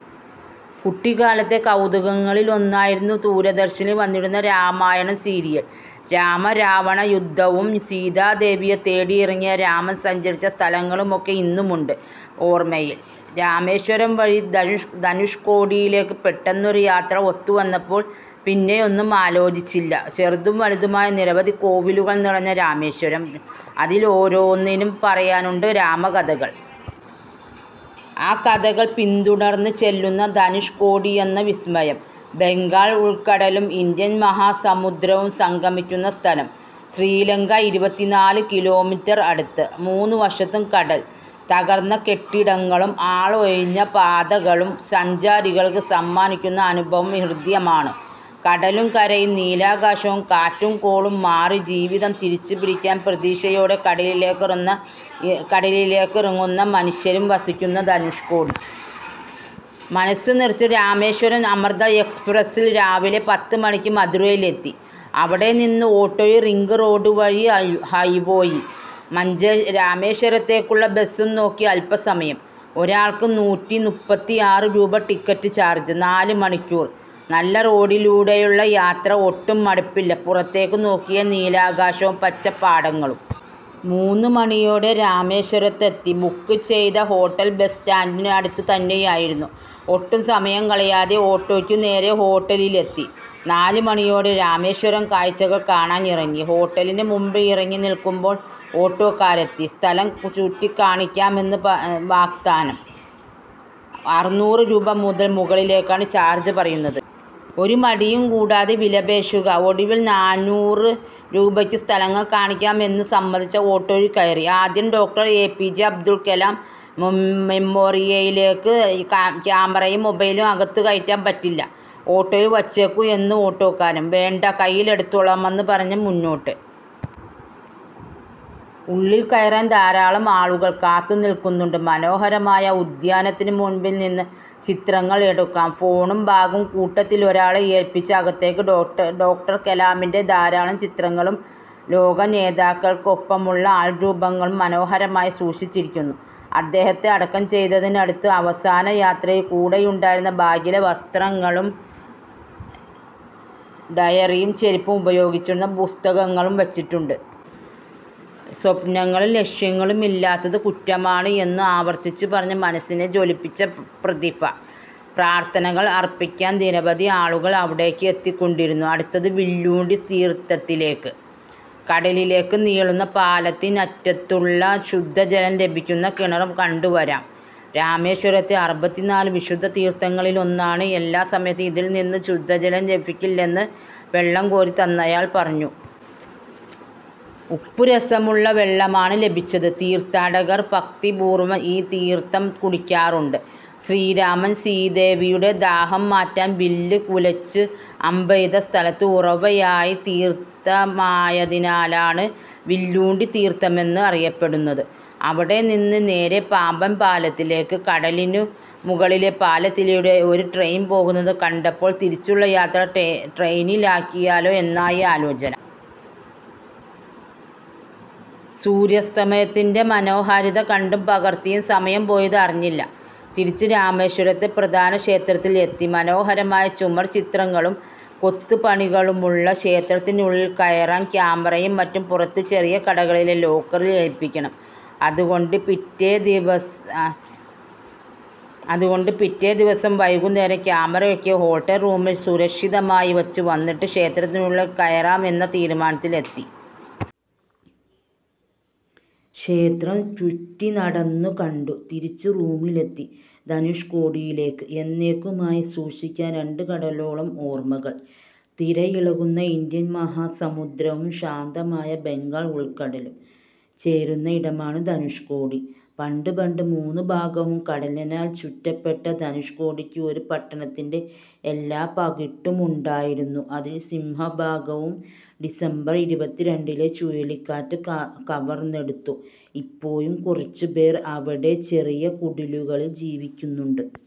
കുട്ടിക്കാലത്തെ കൗതുകങ്ങളിലൊന്നായിരുന്നു ദൂരദർശനിൽ വന്നിരുന്ന രാമായണം സീരിയൽ. രാമ രാവണ യുദ്ധവും സീതാദേവിയെ തേടിയിറങ്ങിയ രാമൻ സഞ്ചരിച്ച സ്ഥലങ്ങളുമൊക്കെ ഇന്നുമുണ്ട് ഓർമ്മയിൽ. രാമേശ്വരം വഴി ധനു ധനുഷ്കോടിയിലേക്ക് പെട്ടെന്നൊരു യാത്ര ഒത്തുവന്നപ്പോൾ പിന്നെയൊന്നും ആലോചിച്ചില്ല. ചെറുതും വലുതുമായ നിരവധി കോവിലുകൾ നിറഞ്ഞ രാമേശ്വരം. അതിലൊരോന്നിനും പറയാനുണ്ട് രാമകഥകൾ. ആ കഥകൾ പിന്തുടർന്ന് ചെല്ലുന്ന ധനുഷ്കോടിയെന്ന വിസ്മയം. ബംഗാൾ ഉൾക്കടലും ഇന്ത്യൻ മഹാസമുദ്രവും സംഗമിക്കുന്ന സ്ഥലം. ശ്രീലങ്ക ഇരുപത്തിനാല് കിലോമീറ്റർ അടുത്ത്. മൂന്ന് വശത്തും കടൽ, തകർന്ന കെട്ടിടങ്ങളും ആളൊഴിഞ്ഞ പാതകളും സഞ്ചാരികൾക്ക് സമ്മാനിക്കുന്ന അനുഭവം ഹൃദ്യമാണ്. കടലും കരയും നീലാകാശവും. കാറ്റും കോളും മാറി ജീവിതം തിരിച്ചുപിടിക്കാൻ പ്രതീക്ഷയോടെ കടലിലേക്ക് ഇറങ്ങുന്നകടലിലേക്കിറങ്ങുന്ന മനുഷ്യരും വസിക്കുന്ന ധനുഷ്കോടി. മനസ്സ് നിറച്ച് രാമേശ്വരം അമൃത എക്സ്പ്രസിൽ രാവിലെ പത്ത് മണിക്ക് മധുരയിലെത്തി. അവിടെനിന്ന് ഓട്ടോയിൽ റിംഗ് റോഡ് വഴി ഹൈവേയിൽ. രാമേശ്വരത്തേക്കുള്ള ബസ്സും നോക്കി അല്പസമയം. ഒരാൾക്ക് നൂറ്റി മുപ്പത്തിയാറ് രൂപ ടിക്കറ്റ് ചാർജ്. നാലു മണിക്കൂർ, നല്ല റോഡിലൂടെയുള്ള യാത്ര ഒട്ടും മടുപ്പില്ല. പുറത്തേക്ക് നോക്കിയാൽ നീലാകാശവും പച്ചപ്പാടങ്ങളും. മൂന്നു മണിയോടെ രാമേശ്വരത്തെത്തി. ബുക്ക് ചെയ്ത ഹോട്ടൽ ബസ് സ്റ്റാൻഡിന് അടുത്ത് തന്നെയായിരുന്നു. ഒട്ടും സമയം കളയാതെ ഓട്ടോയ്ക്ക് നേരേ ഹോട്ടലിലെത്തി. നാലുമണിയോടെ രാമേശ്വരം കാഴ്ചകൾ കാണാൻ ഇറങ്ങി. ഹോട്ടലിനു മുൻപിൽ ഇറങ്ങി നിൽക്കുമ്പോൾ ഓട്ടോക്കാരെത്തി. സ്ഥലം ചുറ്റിക്കാണിക്കാമെന്ന് വാഗ്ദാനം. അറന്നൂറ് രൂപ മുതൽ മുകളിലേക്കാണ് ചാർജ് പറയുന്നത്. ഒരു മടിയും കൂടാതെ വിലപേശുക. ഒടുവിൽ നാന്നൂറ് രൂപയ്ക്ക് സ്ഥലങ്ങൾ കാണിക്കാം എന്ന് സമ്മതിച്ച ഓട്ടോയിൽ കയറി. ആദ്യം doctor A P J Abdul Kalam മെമ്മോറിയലിലേക്ക്. ക്യാമറയും മൊബൈലും അകത്തു കയറ്റാൻ പറ്റില്ല. ഓട്ടോയിൽ വച്ചേക്കൂ എന്ന് ഓട്ടോക്കാരൻ. വേണ്ട, കയ്യിലെടുത്തോളാമെന്ന് പറഞ്ഞ് മുന്നോട്ട്. ഉള്ളിൽ കയറാൻ ധാരാളം ആളുകൾ കാത്തു നിൽക്കുന്നുണ്ട്. മനോഹരമായ ഉദ്യാനത്തിനു മുൻപിൽനിന്ന് ചിത്രങ്ങൾ എടുക്കാം. ഫോണും ബാഗും കൂട്ടത്തിലൊരാളെ ഏൽപിച്ച് അകത്തേക്ക്. ഡോക്ടർ ഡോക്ടർ കലാമിൻ്റെ ധാരാളം ചിത്രങ്ങളും ലോകനേതാക്കൾക്കൊപ്പമുള്ള ആൾരൂപങ്ങളും മനോഹരമായി സൂക്ഷിച്ചിരിക്കുന്നു. അദ്ദേഹത്തെ അടക്കം ചെയ്തതിനടുത്ത് അവസാന യാത്രയിൽ കൂടെയുണ്ടായിരുന്ന ബാഗിലെ വസ്ത്രങ്ങളും ഡയറിയും ചെരുപ്പും ഉപയോഗിച്ചിരുന്ന പുസ്തകങ്ങളും വച്ചിട്ടുണ്ട്. സ്വപ്നങ്ങളും ലക്ഷ്യങ്ങളുമില്ലാത്തത് കുറ്റമാണ് എന്ന് ആവർത്തിച്ചു പറഞ്ഞ് മനസ്സിനെ ജ്വലിപ്പിച്ച പ്രതിഭ. പ്രാർത്ഥനകൾ അർപ്പിക്കാൻ നിരവധി ആളുകൾ അവിടേക്ക് എത്തിക്കൊണ്ടിരുന്നു. അടുത്തത് വില്ലൂണ്ടി തീർത്ഥത്തിലേക്ക്. കടലിലേക്ക് നീളുന്ന പാലത്തിനറ്റത്തുള്ള, ശുദ്ധജലം ലഭിക്കുന്ന കിണറും കണ്ടു വരാം. രാമേശ്വരത്തെ അറുപത്തിനാല് വിശുദ്ധ തീർത്ഥങ്ങളിലൊന്നാണ്. എല്ലാ സമയത്തും ഇതിൽനിന്ന് ശുദ്ധജലം ലഭിക്കില്ലെന്ന് വെള്ളം കോരിത്തന്നയാൾ പറഞ്ഞു. ഉപ്പുരസമുള്ള വെള്ളമാണ് ലഭിച്ചത്. തീർത്ഥാടകർ ഭക്തിപൂർവ്വം ഈ തീർത്ഥം കുടിക്കാറുണ്ട്. ശ്രീരാമൻ സീതാദേവിയുടെ ദാഹം മാറ്റാൻ വില്ല് കുലച്ച് അമ്പെയ്ത സ്ഥലത്ത് ഉറവയായി തീർത്ഥമായതിനാലാണ് വില്ലൂണ്ടി തീർത്ഥമെന്ന് അറിയപ്പെടുന്നത്. അവിടെനിന്ന് നേരേ പാമ്പൻ പാലത്തിലേക്ക്. കടലിനു മുകളിലെ പാലത്തിലൂടെ ഒരു ട്രെയിൻ പോകുന്നത് കണ്ടപ്പോൾ തിരിച്ചുള്ള യാത്ര ട്രെയിനിലാക്കിയാലോ എന്നായി ആലോചന. സൂര്യാസ്തമയത്തിൻ്റെ മനോഹാരിത കണ്ടും പകർത്തിയും സമയം പോയത് അറിഞ്ഞില്ല. തിരിച്ച് രാമേശ്വരത്തെ പ്രധാന ക്ഷേത്രത്തിൽ എത്തി. മനോഹരമായ ചുമർ ചിത്രങ്ങളും കൊത്തുപണികളുമുള്ള ക്ഷേത്രത്തിനുള്ളിൽ കയറാൻ ക്യാമറയും മറ്റും പുറത്ത് ചെറിയ കടകളിലെ ലോക്കറിൽ ഏൽപിക്കണം. അതുകൊണ്ട് പിറ്റേ അതുകൊണ്ട് പിറ്റേദിവസം വൈകുന്നേരം ക്യാമറയൊക്കെ ഹോട്ടൽ റൂമിൽ സുരക്ഷിതമായി വച്ച് വന്നിട്ട് ക്ഷേത്രത്തിനുള്ളിൽ കയറാം എന്ന തീരുമാനത്തിലെത്തി. ക്ഷേത്രം ചുറ്റിനടന്നു കണ്ടു. തിരിച്ച് റൂമിലെത്തി. ധനുഷ്കോടിയിലേക്ക്, എന്നേയ്ക്കുമായി സൂക്ഷിക്കാൻ രണ്ടു കടലോളം ഓർമ്മകൾ. തിരയിളകുന്ന ഇന്ത്യൻ മഹാസമുദ്രവും ശാന്തമായ ബംഗാൾ ഉൾക്കടലും ചേരുന്നയിടമാണ് ധനുഷ്കോടി. പണ്ടുപണ്ട്, മൂന്നു ഭാഗവും കടലിനാൽ ചുറ്റപ്പെട്ട ധനുഷ്കോടിക്ക് ഒരു പട്ടണത്തിൻ്റെ എല്ലാ പകിട്ടുമുണ്ടായിരുന്നു. അതിൽ സിംഹഭാഗവും ഡിസംബർ ഇരുപത്തിരണ്ടിലെ ചുഴലിക്കാറ്റ് കവർ കവർന്നെടുത്തു. ഇപ്പോഴും കുറച്ചു പേർ അവിടെ ചെറിയ കുടിലുകളിൽ ജീവിക്കുന്നുണ്ട്.